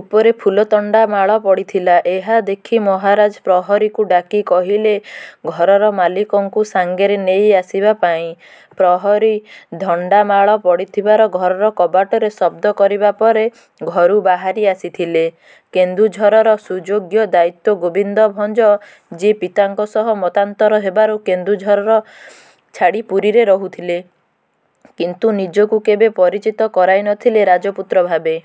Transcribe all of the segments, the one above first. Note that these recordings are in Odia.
ଉପରେ ଫୁଲଧଣ୍ଡା ମାଳ ପଡ଼ିଥିଲା। ଏହା ଦେଖି ମହାରାଜ ପ୍ରହରୀକୁ ଡାକି କହିଲେ ଘରର ମାଲିକଙ୍କୁ ସାଙ୍ଗରେ ନେଇ ଆସିବା ପାଇଁ। ପ୍ରହରୀ ଧଣ୍ଡାମାଳ ପଡ଼ିଥିବାର ଘରର କବାଟରେ ଶବ୍ଦ କରିବା ପରେ ଘରୁ ବାହାରି ଆସିଥିଲେ କେନ୍ଦୁଝରର ସୁଯୋଗ୍ୟ ଦାୟିଦ୍ୟ ଗୋବିନ୍ଦ ଭଞ୍ଜ, ଯିଏ ପିତାଙ୍କ ସହ ମତାନ୍ତର ହେବାରୁ କେନ୍ଦୁଝର ଛାଡ଼ି ପୁରୀରେ ରହୁଥିଲେ, କିନ୍ତୁ ନିଜକୁ କେବେ ପରିଚିତ କରାଇନଥିଲେ ରାଜପୁତ୍ର ଭାବେ।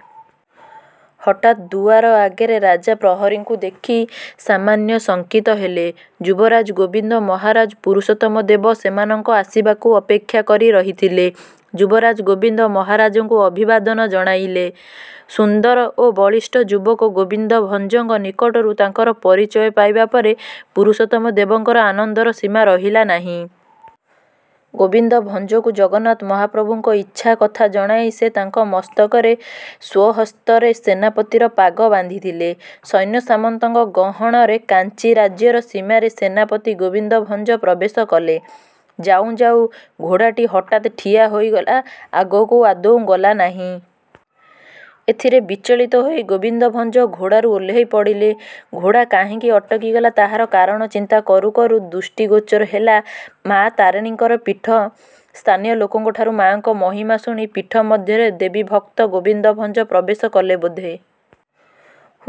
ହଠାତ ଦୁଆର ଆଗରେ ରାଜ ପ୍ରହରୀଙ୍କୁ ଦେଖି ସାମାନ୍ୟ ଶଙ୍କିତ ହେଲେ ଯୁବରାଜ ଗୋବିନ୍ଦ। ମହାରାଜ ପୁରୁଷୋତ୍ତମ ଦେବ ସେମାନଙ୍କ ଆସିବାକୁ ଅପେକ୍ଷା କରି ରହିଥିଲେ। ଯୁବରାଜ ଗୋବିନ୍ଦ ମହାରାଜଙ୍କୁ ଅଭିବାଦନ ଜଣାଇଲେ। ସୁନ୍ଦର ଓ ବଳିଷ୍ଠ ଯୁବକ ଗୋବିନ୍ଦ ଭଞ୍ଜଙ୍କ ନିକଟରୁ ତାଙ୍କର ପରିଚୟ ପାଇବା ପରେ ପୁରୁଷୋତ୍ତମ ଦେବଙ୍କର ଆନନ୍ଦର ସୀମା ରହିଲା ନାହିଁ। ଗୋବିନ୍ଦ ଭଞ୍ଜଙ୍କୁ ଜଗନ୍ନାଥ ମହାପ୍ରଭୁଙ୍କ ଇଛା କଥା ଜଣାଇ ସେ ତାଙ୍କ ମସ୍ତକରେ ସ୍ୱହସ୍ତରେ ସେନାପତିର ପାଗ ବାନ୍ଧିଥିଲେ। ସୈନ୍ୟସାମନ୍ତଙ୍କ ଗହଣରେ କାଞ୍ଚି ରାଜ୍ୟର ସୀମାରେ ସେନାପତି ଗୋବିନ୍ଦ ଭଞ୍ଜ ପ୍ରବେଶ କଲେ। ଯାଉ ଯାଉ ଘୋଡ଼ାଟି ହଠାତ ଠିଆ ହୋଇଗଲା, ଆଗକୁ ଆଦୌ ଗଲା ନାହିଁ। ଏଥିରେ ବିଚଳିତ ହୋଇ ଗୋବିନ୍ଦ ଭଞ୍ଜ ଘୋଡ଼ାରୁ ଓହ୍ଲାଇ ପଡ଼ିଲେ। ଘୋଡ଼ା କାହିଁକି ଅଟକିଗଲା ତାହାର କାରଣ ଚିନ୍ତା କରୁ କରୁ ଦୃଷ୍ଟିଗୋଚର ହେଲା ମାଆ ତାରିଣୀଙ୍କର ପୀଠ। ସ୍ଥାନୀୟ ଲୋକଙ୍କ ଠାରୁ ମାଆଙ୍କ ମହିମା ଶୁଣି ପୀଠ ମଧ୍ୟରେ ଦେବୀଭକ୍ତ ଗୋବିନ୍ଦ ଭଞ୍ଜ ପ୍ରବେଶ କଲେ। ବୋଧେ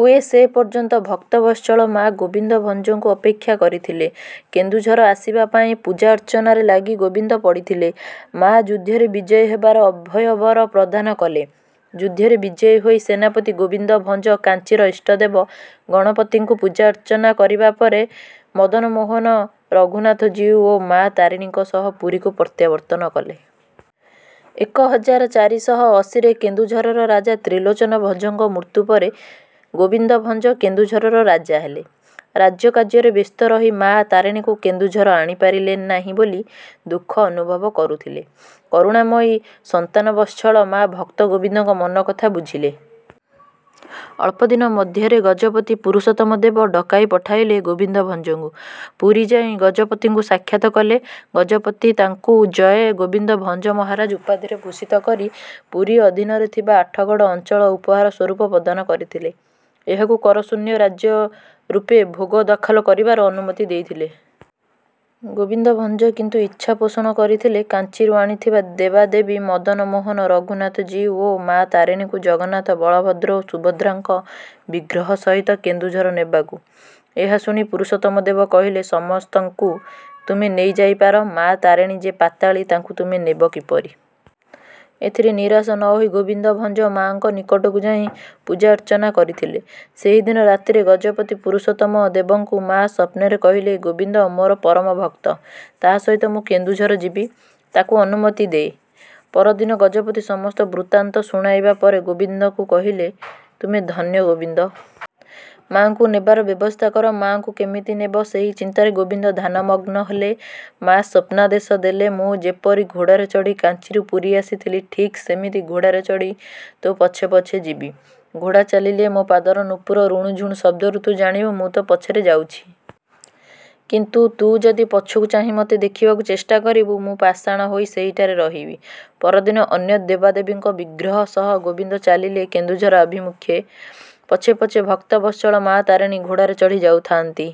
ହୁଏ ସେ ପର୍ଯ୍ୟନ୍ତ ଭକ୍ତବତ୍ସଳ ମାଆ ଗୋବିନ୍ଦ ଭଞ୍ଜଙ୍କୁ ଅପେକ୍ଷା କରିଥିଲେ କେନ୍ଦୁଝର ଆସିବା ପାଇଁ। ପୂଜାର୍ଚ୍ଚନାରେ ଲାଗି ଗୋବିନ୍ଦ ପଡ଼ିଥିଲେ। ମାଆ ଯୁଦ୍ଧରେ ବିଜୟୀ ହେବାର ଅଭୟ ବର ପ୍ରଦାନ କଲେ। ଯୁଦ୍ଧରେ ବିଜୟୀ ହୋଇ ସେନାପତି ଗୋବିନ୍ଦ ଭଞ୍ଜ କାଞ୍ଚିର ଇଷ୍ଟଦେବ ଗଣପତିଙ୍କୁ ପୂଜାର୍ଚ୍ଚନା କରିବା ପରେ ମଦନମୋହନ, ରଘୁନାଥ ଜୀଉ ଓ ମାଆ ତାରିଣୀଙ୍କ ସହିତ ପୁରୀକୁ ପ୍ରତ୍ୟାବର୍ତ୍ତନ କଲେ। ଏକ ହଜାର ଚାରିଶହ ଅଶୀ ରେ କେନ୍ଦୁଝର ରାଜା ତ୍ରିଲୋଚନ ଭଞ୍ଜଙ୍କ ମୃତ୍ୟୁ ପରେ ଗୋବିନ୍ଦ ଭଞ୍ଜ କେନ୍ଦୁଝରର ରାଜା ହେଲେ। ରାଜକାର୍ଯ୍ୟରେ ବ୍ୟସ୍ତ ରହି ମାଆ ତାରିଣୀଙ୍କୁ କେନ୍ଦୁଝର ଆଣିପାରିଲେ ନାହିଁ ବୋଲି ଦୁଃଖ ଅନୁଭବ କରୁଥିଲେ। କରୁଣାମୟୀ ସନ୍ତାନବତ୍ସଳ ମାଆ ଭକ୍ତ ଗୋବିନ୍ଦଙ୍କ ମନକଥା ବୁଝିଲେ। ଅଳ୍ପଦିନ ମଧ୍ୟରେ ଗଜପତି ପୁରୁଷୋତ୍ତମ ଦେବ ଡକାଇ ପଠାଇଲେ ଗୋବିନ୍ଦ ଭଞ୍ଜଙ୍କୁ। ପୁରୀ ଯାଇ ଗଜପତିଙ୍କୁ ସାକ୍ଷାତ କଲେ। ଗଜପତି ତାଙ୍କୁ ଜୟ ଗୋବିନ୍ଦ ଭଞ୍ଜ ମହାରାଜ ଉପାଧିରେ ଭୂଷିତ କରି ପୁରୀ ଅଧୀନରେ ଥିବା ଆଠଗଡ଼ ଅଞ୍ଚଳ ଉପହାର ସ୍ୱରୂପ ପ୍ରଦାନ କରିଥିଲେ। ଏହାକୁ କରଶୂନ୍ୟ ରାଜ୍ୟ ରୂପେ ଭୋଗ ଦଖଲ କରିବାର ଅନୁମତି ଦେଇଥିଲେ। ଗୋବିନ୍ଦ ଭଞ୍ଜ କିନ୍ତୁ ଇଚ୍ଛା ପୋଷଣ କରିଥିଲେ କାଞ୍ଚିରୁ ଆଣିଥିବା ଦେବାଦେବୀ ମଦନମୋହନ, ରଘୁନାଥଜୀଉ ଓ ମାଆ ତାରିଣୀଙ୍କୁ ଜଗନ୍ନାଥ, ବଳଭଦ୍ର ଓ ସୁଭଦ୍ରାଙ୍କ ବିଗ୍ରହ ସହିତ କେନ୍ଦୁଝର ନେବାକୁ। ଏହା ଶୁଣି ପୁରୁଷୋତ୍ତମ ଦେବ କହିଲେ, ସମସ୍ତଙ୍କୁ ତୁମେ ନେଇଯାଇପାର, ମାଆ ତାରିଣୀ ଯେ ପାତାଳୀ, ତାଙ୍କୁ ତୁମେ ନେବ କିପରି। ଏଥିରେ ନିରାଶ ନ ହୋଇ ଗୋବିନ୍ଦ ଭଞ୍ଜ ମାଆଙ୍କ ନିକଟକୁ ଯାଇ ପୂଜାର୍ଚ୍ଚନା କରିଥିଲେ। ସେହିଦିନ ରାତିରେ ଗଜପତି ପୁରୁଷୋତ୍ତମ ଦେବଙ୍କୁ ମାଆ ସ୍ୱପ୍ନରେ କହିଲେ, ଗୋବିନ୍ଦ ମୋର ପରମ ଭକ୍ତ। ତା ସହିତ ମୁଁ କେନ୍ଦୁଝର ଯିବି, ତାକୁ ଅନୁମତି ଦେ। ପରଦିନ ଗଜପତି ସମସ୍ତ ବୃତ୍ତାନ୍ତ ଶୁଣାଇବା ପରେ ଗୋବିନ୍ଦଙ୍କୁ କହିଲେ, ତୁମେ ଧନ୍ୟ ଗୋବିନ୍ଦ। ମାଆଙ୍କୁ ନେବାର ବ୍ୟବସ୍ଥା କର। ମାଆଙ୍କୁ କେମିତି ନେବେ ସେହି ଚିନ୍ତାରେ ଗୋବିନ୍ଦ ଧ୍ୟାନମଗ୍ନ ହେଲେ। ମାଆ ସ୍ୱପ୍ନାଦେଶ ଦେଲେ ମୁଁ ଯେପରି ଘୋଡ଼ାରେ ଚଢ଼ି କାଞ୍ଚିରୁ ପୁରୀ ଆସିଥିଲି, ଠିକ ସେମିତି ଘୋଡ଼ାରେ ଚଢ଼ି ତୋ ପଛେ ପଛେ ଯିବି। ଘୋଡ଼ା ଚାଲିଲେ ମୋ ପାଦର ନୁପୁର ରୁଣୁଝୁଣୁ ଶବ୍ଦରୁ ତୁ ଜାଣିବୁ ମୁଁ ତୋ ପଛରେ ଯାଉଛି। କିନ୍ତୁ ତୁ ଯଦି ପଛକୁ ଚାହିଁ ମୋତେ ଦେଖିବାକୁ ଚେଷ୍ଟା କରିବୁ, ମୁଁ ପାଷାଣ ହୋଇ ସେହିଠାରେ ରହିବି। ପରଦିନ ଅନ୍ୟ ଦେବଦେବୀଙ୍କ ବିଗ୍ରହ ସହ ଗୋବିନ୍ଦ ଚାଲିଲେ କେନ୍ଦୁଝର ଅଭିମୁଖେ। ପଛେ ପଛେ ଭକ୍ତବତ୍ସଳ ମାଆ ତାରିଣୀ ଘୋଡ଼ାରେ ଚଢ଼ି ଯାଉଥାଆନ୍ତି।